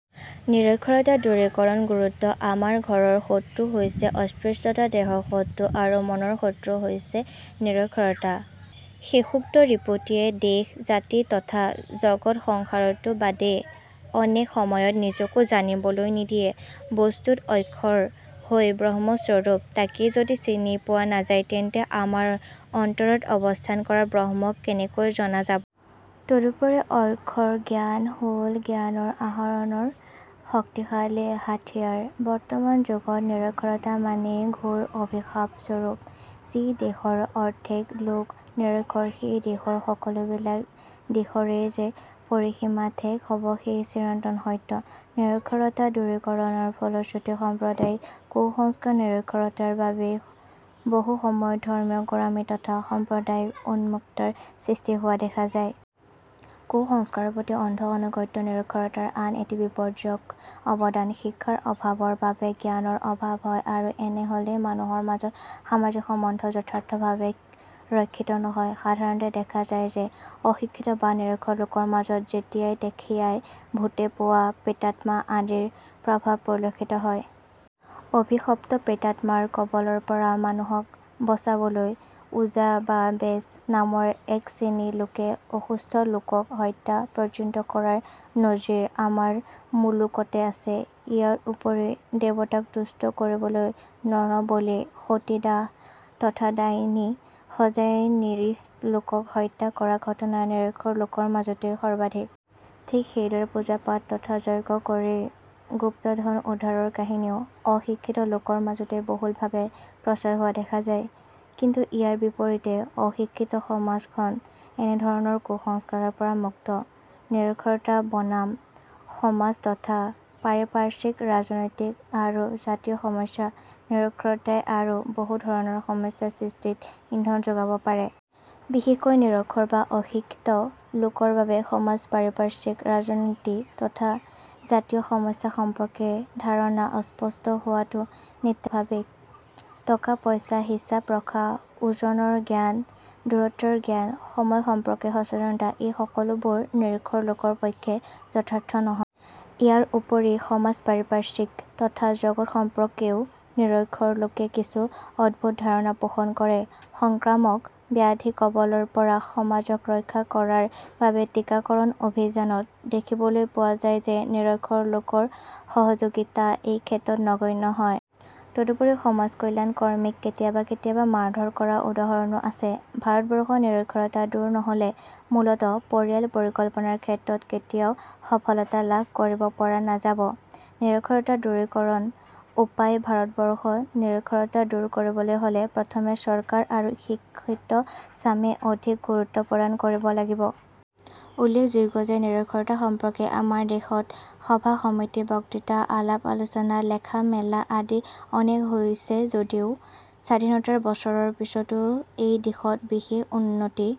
নিৰক্ষৰতা দূৰীকৰণ গুৰুত্ব – আমাৰ ঘৰৰ শত্ৰু হৈছে অস্পৃশ্যতা, দেহৰ শত্ৰুৰোগ আৰু মনৰ শত্ৰু হৈছে নিৰক্ষৰতা। শেষোক্ত ৰিপুটিয়ে দেশ, জাতি তথা জগৎ সংসাৰতো বাদেই, অনেক সময়ত নিজকো জানিবলৈ নিদিয়ে। বস্তুতঃ অক্ষৰ হৈছে ব্ৰহ্মস্বৰূপ, তাকেই যদি চিনি পোৱা নাযায় তেন্তে আমাৰ অন্তৰত অৱস্থান কৰা ব্ৰহ্মক কেনেকৈ জনা যাব? তদুপৰি অক্ষৰ জ্ঞান হ'ল জ্ঞানৰ আহৰণৰ শক্তিশালী হাথিয়াৰ। বৰ্তমান যুগত নিৰক্ষৰতা মানেই ঘোৰ অভিশাপস্বৰূপ। যি দেশৰ অৰ্ধেক লোক নিৰক্ষৰ সেই দেশৰ সকলোবিলাক দিশৰেই যে পৰিসীমা ঠেক হ'ব সেয়া চিৰন্তন সত্য। নিৰক্ষৰতা দূৰীকৰণৰ ফলশ্ৰুতি সাম্প্ৰদায়িকতা, কুসংস্কাৰ নিৰক্ষৰতাৰ বাবেই বহুসময়ত ধৰ্মীয় গোড়ামি তথা সাম্প্ৰদায়িক উন্মত্ততাৰ সৃষ্টি হোৱা দেখা যায়। কুসংস্কাৰৰ প্ৰতি অন্ধ আনুগত্য নিৰক্ষৰতাৰ আন এটি বিপজ্জনক অবদান। শিক্ষাৰ অভাৱৰ বাবে জ্ঞানৰ অভাৱ হয় আৰু এনে হ'লেই মানুহৰ মাজত সামাজিক সম্বন্ধ যথাযথভাৱে ৰক্ষিত নহয়। সাধাৰণতে দেখা যায় যে অশিক্ষিত বা নিৰক্ষৰ লোকৰ মাজত যেতিয়াই তেখিয়াই ভূতে পোৱা, প্ৰেতাত্মা আদিৰ প্ৰভাৱ পৰিলক্ষিত হয়। অভিশপ্ত প্ৰেতাত্মাৰ কবলৰ পৰা মানুহক বচাবলৈ 'ওজা বা বেজ' নামৰ একশ্ৰেণী লোকে অসুস্থ লোকক হত্যা পৰ্যন্ত কৰাৰ নজিৰ আমাৰ মুলুকতে আছে। ইয়াৰ উপৰি দেবতাক তুষ্ট কৰিবলৈ নৰবলি, সতীদাহ তথা ডাকিনী সজাই নিৰীহ লোকক হত্যা কৰাৰ ঘটনা নিৰক্ষৰ লোকৰ মাজতেই সৰ্বাধিক। ঠিক সেইদৰে পূজা-পাটল তথা যজ্ঞ কৰি গুপ্ত ধন উদ্ধাৰৰ কাহিনীও অশিক্ষিতসকলৰ মাজতেই বহুলভাৱে প্ৰচাৰ হোৱা দেখা যায়। কিন্তু ইয়াৰ বিপৰীতে শিক্ষিত সমাজখন এনেধৰণৰ কুসংস্কাৰৰ পৰা মুক্ত। নিৰক্ষৰতা বনাম সমাজ তথা পাৰিপাৰ্শ্বিক, ৰাজনৈতিক আৰু জাতীয় সমস্যা – নিৰক্ষৰতাই আৰু বহুধৰণৰ সমস্যা সৃষ্টিত ইন্ধন যোগাব পাৰে। বিশেষকৈ নিৰক্ষৰ বা অশিক্ষিত লোকৰ বাবে সমাজ পাৰিপাৰ্শ্বিক, ৰাজিনীতি তথা জাতীয় সমস্যা সম্পৰ্কে ধাৰণা অস্পষ্ট হোৱাটো নিতান্তই স্বাভাৱিক। টকা-পইচাৰ হিচাপ ৰখা, ওজনৰ জ্ঞান, দূৰত্বৰ জ্ঞান, সময় সম্পৰ্কে সচেতনতা- এই সকলোবোৰ নিৰক্ষৰ লোকৰ পক্ষে যথাযথ নহয়। ইয়াৰ উপৰি সমাজ পাৰিপাৰ্শ্বিক তথা জগত সম্পৰ্কেও নিৰক্ষৰ লোকে কিছু অদ্ভুত ধাৰণা পোষণ কৰে। সংক্ৰামক ব্যাধিৰ কবলৰ পৰা সমাজক ৰক্ষা কৰাৰ বাবে টীকাকৰণ অভিযানত দেখিবলৈ পোৱা যায় যে নিৰক্ষৰ লোকৰ সহযোগিতা এইক্ষেত্ৰত নগণ্য হয়। তদুপৰি সমাজকল্যাণ কৰ্মীক কেতিয়াবা কেতিয়াবা মাৰধৰ কৰাৰ উদাহৰণো আছে। ভাৰতবৰ্ষত নিৰক্ষৰতা দূৰ নহ'লে মূলতঃ পৰিয়াল পৰিকল্পনাৰ ক্ষেত্ৰত কেতিয়াও সফলতা লাভ কৰিব পৰা নাযাব। নিৰক্ষৰতা দূৰীকৰণৰ উপায় ভাৰতবৰ্ষত নিৰক্ষৰতা দূৰ কৰিবলৈ হ'লে প্ৰথমে চৰকাৰ আৰু শিক্ষিতচামে অধিক গুৰুত্ব প্ৰদান কৰিব লাগিব। উল্লেখযোগ্য যে নিৰক্ষৰতা সম্পৰ্কে আমাৰ দেশত সভা-সমিতি, বক্তৃতা, আলাপ-আলোচনা, লেখা-মেলা আদি অনেক হৈছে যদিও স্বাধীনতাৰ বছৰৰ পিছতো এইদিশত বিশেষ উন্নতি